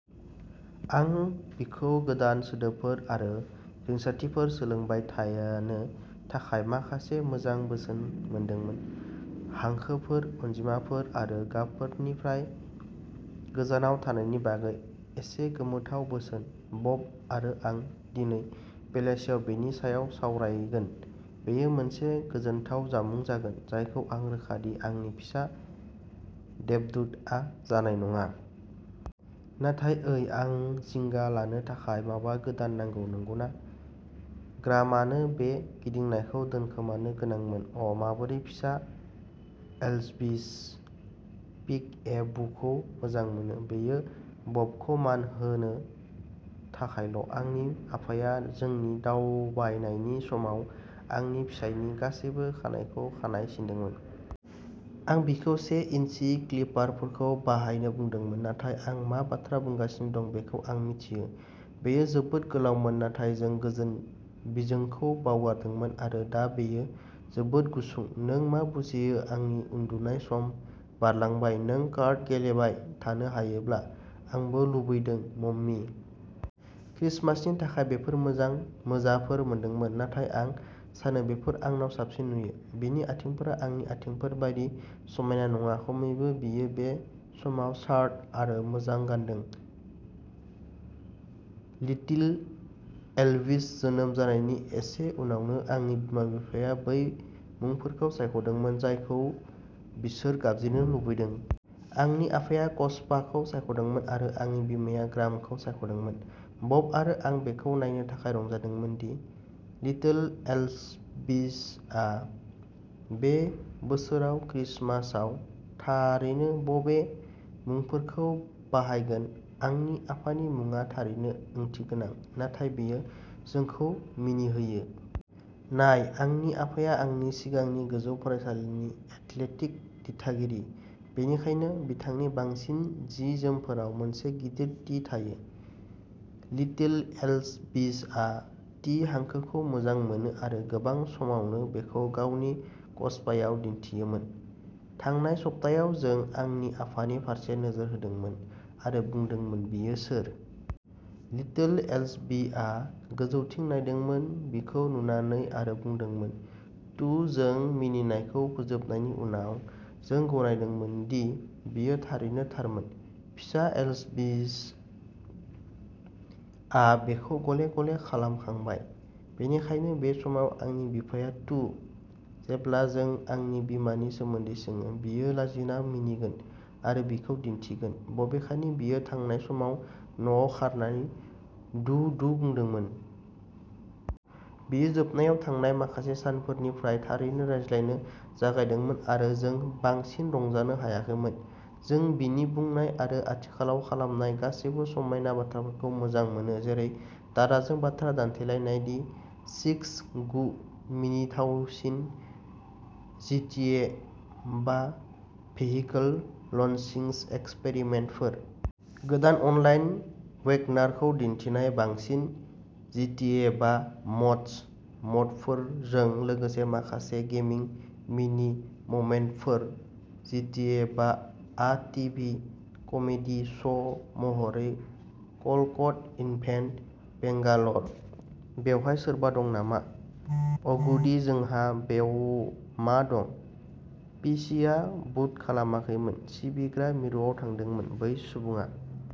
आं बिखौ गोदान सोदोबफोर आरो रिंसारथिफोर सोलोंबाय थानो थाखाय माखासे मोजां बोसोन मोनदोंमोन, हांखोफोर, अनजिमाफोर आरो गाबफोरनिफ्राय गोजानाव थानायनि बागै एसे गोमोथाव बोसोन। बब आरो आं दिनै बेलासियाव बेनि सायाव सावरायगोन। बेयो मोनसे गोजोनथाव जामुं जागोन, जायखौ आं रोखा दि आंनि फिसा देबदुतआ जानाय नङा। नाथाय, ओइ आं जिंगा लानो थाखाय माबा गोदान नांगौ, नंगौना? ग्रामानो बे गिदिंनायखौ दोनखोमानो गोनांमोन। अ, माबोरै फिसा एल्विस पिक-ए-बुखौ मोजां मोनो। बेयो बबखौ मान होनो थाखायल'। आंनि आफाया जोंनि दावबायनायनि समाव आंनि फिसायनि गासैबो खानाइखौ खानाइ सिनदोंमोन। आं बिखौ से इन्चि क्लिपारफोरखौ बाहायनो बुंदोंमोन, नाथाय आं मा बाथ्रा बुंगासिनो दं बेखौ आं मिथियो। बेयो जोबोद गोलावमोन, नाथाय जों गोजोन बिजोंखौ बावगारदोंमोन आरो दा बेयो जोबोद गुसुं। नों मा बुजियो आंनि उन्दुनाय सम बारलांबाय नों कार्ड गेलेबाय थानो हायोब्ला, आंबो लुबैदों मम्मी। क्रिसमासनि थाखाय बेफोर मोजां मोजाफोर मोनदोंमोन, नाथाय आं सानो बेफोर आंनाव साबसिन नुयो। बिनि आथिंफोरा आंनि आथिंफोर बायदि समायना नङा खमैबो बियो बे समाव शार्ट आरो मोजा गानदों। लिटिल एल्विस जोनोम जानायनि एसे उनावनो, आंनि बिमा-बिफाया बै मुंफोरखौ सायख'दोंमोन जायखौ बिसोर गाबज्रिनो लुबैदों। आंनि आफाया कचपाखौ सायख'दोंमोन आरो आंनि बिमाया ग्रामखौ सायख'दोंमोन। बब आरो आं बेखौ नायनो थाखाय रंजादोंमोन दि लिटिल एल्विसआ बे बोसोराव क्रिसमासआव थारैनो बबे मुंफोरखौ बाहायगोन। आंनि आफानि मुंआ थारैनो ओंथिगोनां, नाथाय बेयो जोंखौ मिनिहोयो। नाय, आंनि आफाया आंनि सिगांनि गोजौ फरायसालिनि एथलेटिक दिथागिरि। बेनिखायनो, बिथांनि बांसिन जि-जोमफोराव मोनसे गिदिर टि थायो। लिटिल एल्विसआ टि हांखोखौ मोजां मोनो आरो गोबां समावनो बेखौ गावनि कचपायाव दिन्थियोमोन। थांनाय सप्तायाव, जों आंनि आफानि फारसे नोजोर होदोंमोन आरो बुंदोंमोन, बियो सोर? लिटिल एल्विआ गोजौथिं नायदोंमोन। बिखौ नुनानै आरो बुंदोंमोन, तुह जों मिनिनायखौ फोजोबनायनि उनाव, जों गनायदोंमोन दि बियो थारैनो थारमोन। फिसा एल्विसआ बेखौ गले-गले खालामखांबाय। बेनिखायनो बे समाव, आंनि बिफाया तुह। जेब्ला जों आंनि बिमानि सोमोन्दै सोङो, बियो लाजिना मिनिगोन आरो बिखौ दिन्थिगोन, बबेखानि बियो थांनाय सानाव न'आव खारनानै दुह-दुह बुंदोंमोन। बियो जोबनायाव थांनाय माखासे सानफोरनिफ्राय थारैनो रायज्लायनो जागायदोंमोन आरो जों बांसिन रंजानो हायाखैमोन। जों बिनि बुंनाय आरो आथिखालाव खालामनाय गासैबो समायना बाथ्राफोरखौ मोजां मोनो जेरै दादाजों बाथ्रा दान्थेलायनाय दि सिक्स गु। मिनिथावसिन जिटिए बा भेहिकल लन्चिं एक्सपेरिमेन्टफोर! गोदान अनलाइन वेगनारखौ दिन्थिनाय बांसिन जिटिए बा मड्स मडफोरजों लोगोसे माखासे गेमिं मिनि मोमेन्टफोर जिटिए बा आ टिभि कमेडि श'महरै कल क'ड इनभेन्ट, बेंगालर। बेवहाय सोरबा दं नामा? अ'गुडी जोंहा बेयाव मा दं? पिसिआ बुट खालामाखैमोन। सिबिग्रा मिरुआव थांदोंमोन बै सुबुङा।